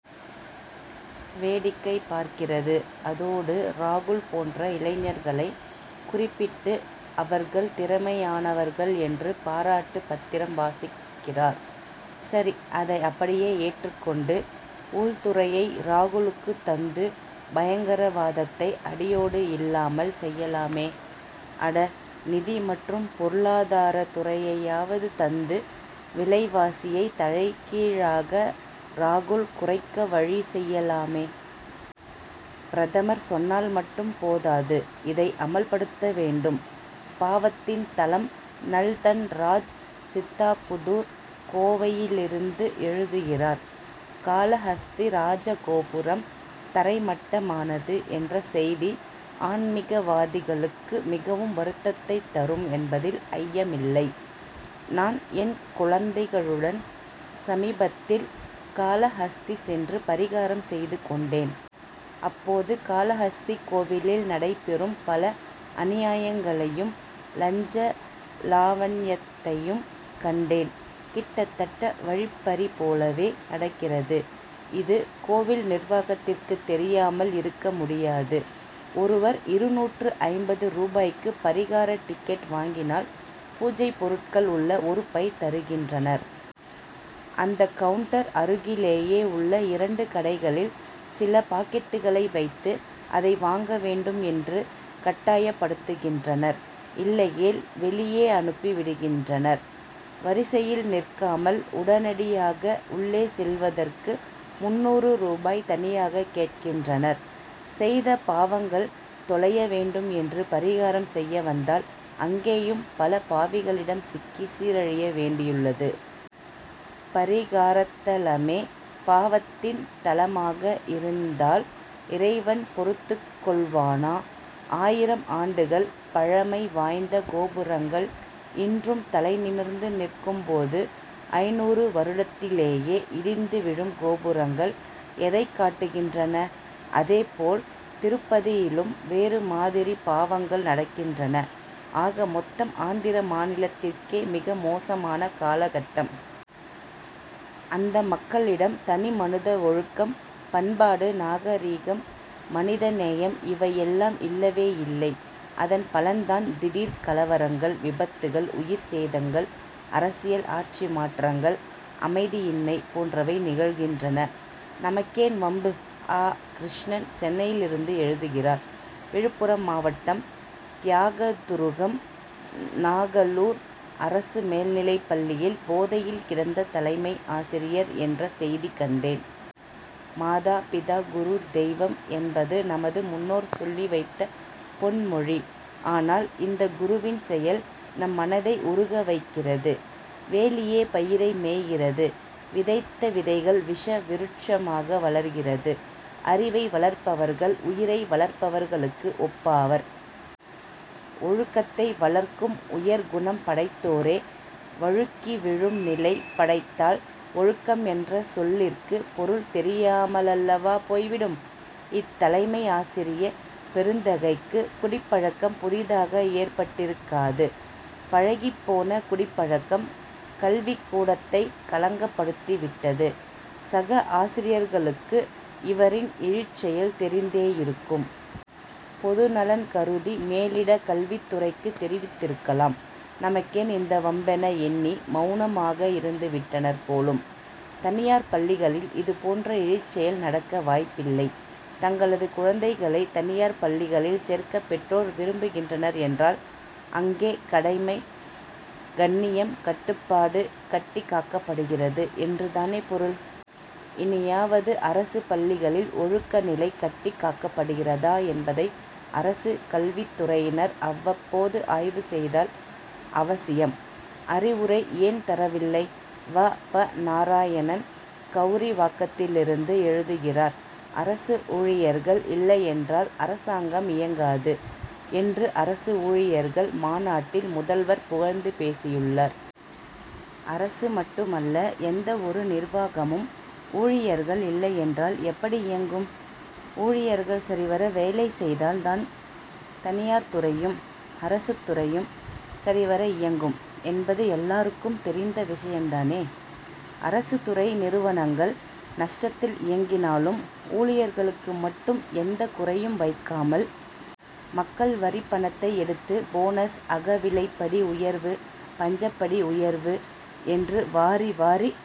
வேடிக்கை பார்க்கிறது. அதோடு, ராகுல் போன்ற இளைஞர்களை குறிப் பிட்டு, அவர்கள் திறமையானவர்கள் என்று பாராட்டு பத்திரம் வாசிக்கிறார். சரிஅதை அப்படியே ஏற்றுக் கொண்டு, உள்துறையை ராகுலுக்கு தந்து, பயங்கரவாதத்தை அடியோடு இல்லாமல் செய்யலாமே! அட, நிதி மற்றும் பொருளாதார துறையையாவது தந்து, விலைவாசியை தலைகீழாக ராகுல் குறைக்க வழி செய்யலாமே! பிரதமர், சொன்னால் மட்டும் போதாது; இதை அமல்படுத்த வேண்டும். பாவத்தின் தலம்! நல். தன்ராஜ், சித்தாபுதூர், கோவையிலிருந்து எழுதுகிறார் காளஹஸ்தி ராஜகோபுரம் தரை மட்டமானது என்ற செய்தி, ஆன்மிகவாதிகளுக்கு மிகவும் வருத்தத்தை தரும் என்பதில் ஐயமில்லை. நான், என் குழந்தைகளுடன், சமீபத்தில் காளஹஸ்தி சென்று, பரிகாரம் செய்து கொண்டேன். அப்போது, காளஹஸ்தி கோவிலில் நடைபெறும், பல அநியாயங்களையும், லஞ்ச லாவண்யத்தையும் கண் டேன்; கிட்டத்தட்ட வழிப் பறி போலவே நடக்கிறது. இது, கோவில் நிர்வாகத்திற்கு தெரியாமல் இருக்க முடியாது. ஒருவர் இருநூற்று ஐம்பது ரூபாய்க்கு பரிகார டிக்கெட் வாங்கினால், பூஜை பொருட்கள் உள்ள ஒரு பை தருகின்றனர். அந்த கவுன்டர் அருகிலேயே உள்ள இரண்டு கடைகளில், சில பாக்கெட்டுகளை வைத்து, அதை வாங்க வேண்டும் என்று கட்டாயப் படுத்துகின்றனர். இல்லையேல் வெளியே அனுப்பி விடுகின்றனர். வரிசையில் நிற்காமல் உடனடியாக உள்ளே செல்வதற்கு, முன்னூறு ரூபாய் தனியாக கேட்கின்றனர். செய்த பாவங்கள் தொலைய வேண்டும் என்று பரிகாரம் செய்ய வந்தால், அங்கேயும் பல பாவிகளிடம் சிக்கி சீரழிய வேண்டியுள்ளது. பரிகாரத்தலமே, பாவத்தின் தலமாக இருந் தால், இறைவன் பொறுத்துக் கொள்வானா? ஆயிரம் ஆண்டுகள் பழமை வாய்ந்த கோபுரங்கள், இன்றும் தலை நிமிர்ந்து நிற்கும் போது, ஐந்நூறு வருடத்திலேயே இடிந்து விழும் கோபுரங்கள், எதைக் காட்டுகின்றன? அதேபோல், திருப்பதியிலும் வேறுமாதிரி பாவங்கள் நடக்கின்றன. ஆகமொத்தம், ஆந்திர மாநிலத்திற்கே, மிக மோசமான காலகட்டம். அந்த மக்களிடம், தனிமனித ஒழுக்கம், பண்பாடு, நாகரிகம், மனித நேயம் இவையெல்லாம் இல்லவேயில்லை. அதன் பலன் தான், திடீர் கலவரங்கள், விபத்துகள், உயிர் சேதங்கள், அரசியல் ஆட்சி மாற்றங்கள், அமைதியின்மை போன்றவை நிகழ்கின்றன. நமக்கேன் வம்பு! ஆ. கிருஷ்ணன், சென்னையிலிருந்து எழுதுகிறார் விழுப்புரம் மாவட்டம் தியாகதுருகம் நாகலூர் அரசு மேல்நிலைப்பள்ளியில் போதையில் கிடந்த தலைமை ஆசிரியர் என்ற செய்தி கண்டேன். மாதா, பிதா, குரு, தெய்வம் என் பது, நமது முன்னோர் சொல்லி வைத்த பொன் மொழி. ஆனால், இந்த குருவின் செயல், நம் மனதை உருக வைக்கிறது. வேலியே பயிரை மேய்கிறது; விதைத்த விதைகள் விஷ விருட்சமாக வளர்கிறது. அறிவை வளர்ப்பவர்கள், உயிரை வளர்ப்பவர்களுக்கு ஒப்பாவர். ஒழுக்கத்தை வளர்க்கும் உயர் குணம் படைத்தோரே, வழுக்கி விழும் நிலை படைத்தால், ஒழுக்கம் என்ற சொல்லிற்கு பொருள் தெரியாமலல்லவா போய்விடும். இத்தலைமை ஆசிரிய பெருந்தகைக்கு குடிப்பழக்கம் புதிதாக ஏற்பட்டிருக்காது. பழகிப்போன குடிப் பழக்கம், கல்விக்கூடத்தை களங்கப்படுத்தி விட்டது. சக ஆசிரியர்களுக்கு, இவரின் இழிசெயல் தெரிந்தே இருக்கும். பொதுநலன் கருதி, மேலிட கல்வித்துறைக்கு தெரிவித்திருக்கலாம். நமக்கேன் இந்த வம்பென எண்ணி, மவுனமாக இருந்து விட்டனர் போலும். தனியார் பள்ளிகளில், இதுபோன்ற இழிசெயல் நடக்க வாய்ப்பில்லை. தங்களது குழந்தைகளை, தனியார் பள்ளிகளில் சேர்க்க பெற்றோர் விரும்புகின்றனர் என்றால், அங்கே கடமை, கண்ணியம், கட்டுப்பாடு கட்டி காக்கப்படுகிறது என்று தானே பொருள். இனியாவது அரசு பள்ளிகளில், ஒழுக்க நிலை கட்டிக் காக்கப்படுகிறதா என்பதை, அரசு கல்வித்துறையினர், அவ்வப்போது ஆய்வு செய்தல் அவசியம். அறிவுரை ஏன் தரவில்லை? வ. ப. நாராயணன், கவுரிவாக்கத்திலிருந்து எழுதுகிறார் அரசு ஊழியர்கள் இல்லையென்றால், அரசாங்கம் இயங்காது என்று அரசு ஊழியர்கள் மாநாட்டில், முதல்வர் புகழ்ந்து பேசியுள்ளார். அரசு மட்டுமல்ல, எந்தவொரு நிர்வாகமும், ஊழியர்கள் இல்லையென்றால் எப்படி இயங்கும்? ஊழியர்கள் சரிவர வேலை செய்தால் தான், தனியார் துறையும், அரசுத்துறையும் சரி வர இயங்கும் என்பது எல்லாருக்கும் தெரிந்த விஷயம் தானே! அரசுத்துறை நிறுவனங்கள் நஷ்டத்தில் இயங்கினாலும், ஊழியர்களுக்கு மட்டும் எந்த குறையும் வைக்காமல், மக்கள் வரிப்பணத்தை எடுத்து, போனஸ், அகவிலைப்படி உயர்வு, பஞ்சப்படி உயர்வு என்று வாரி வாரி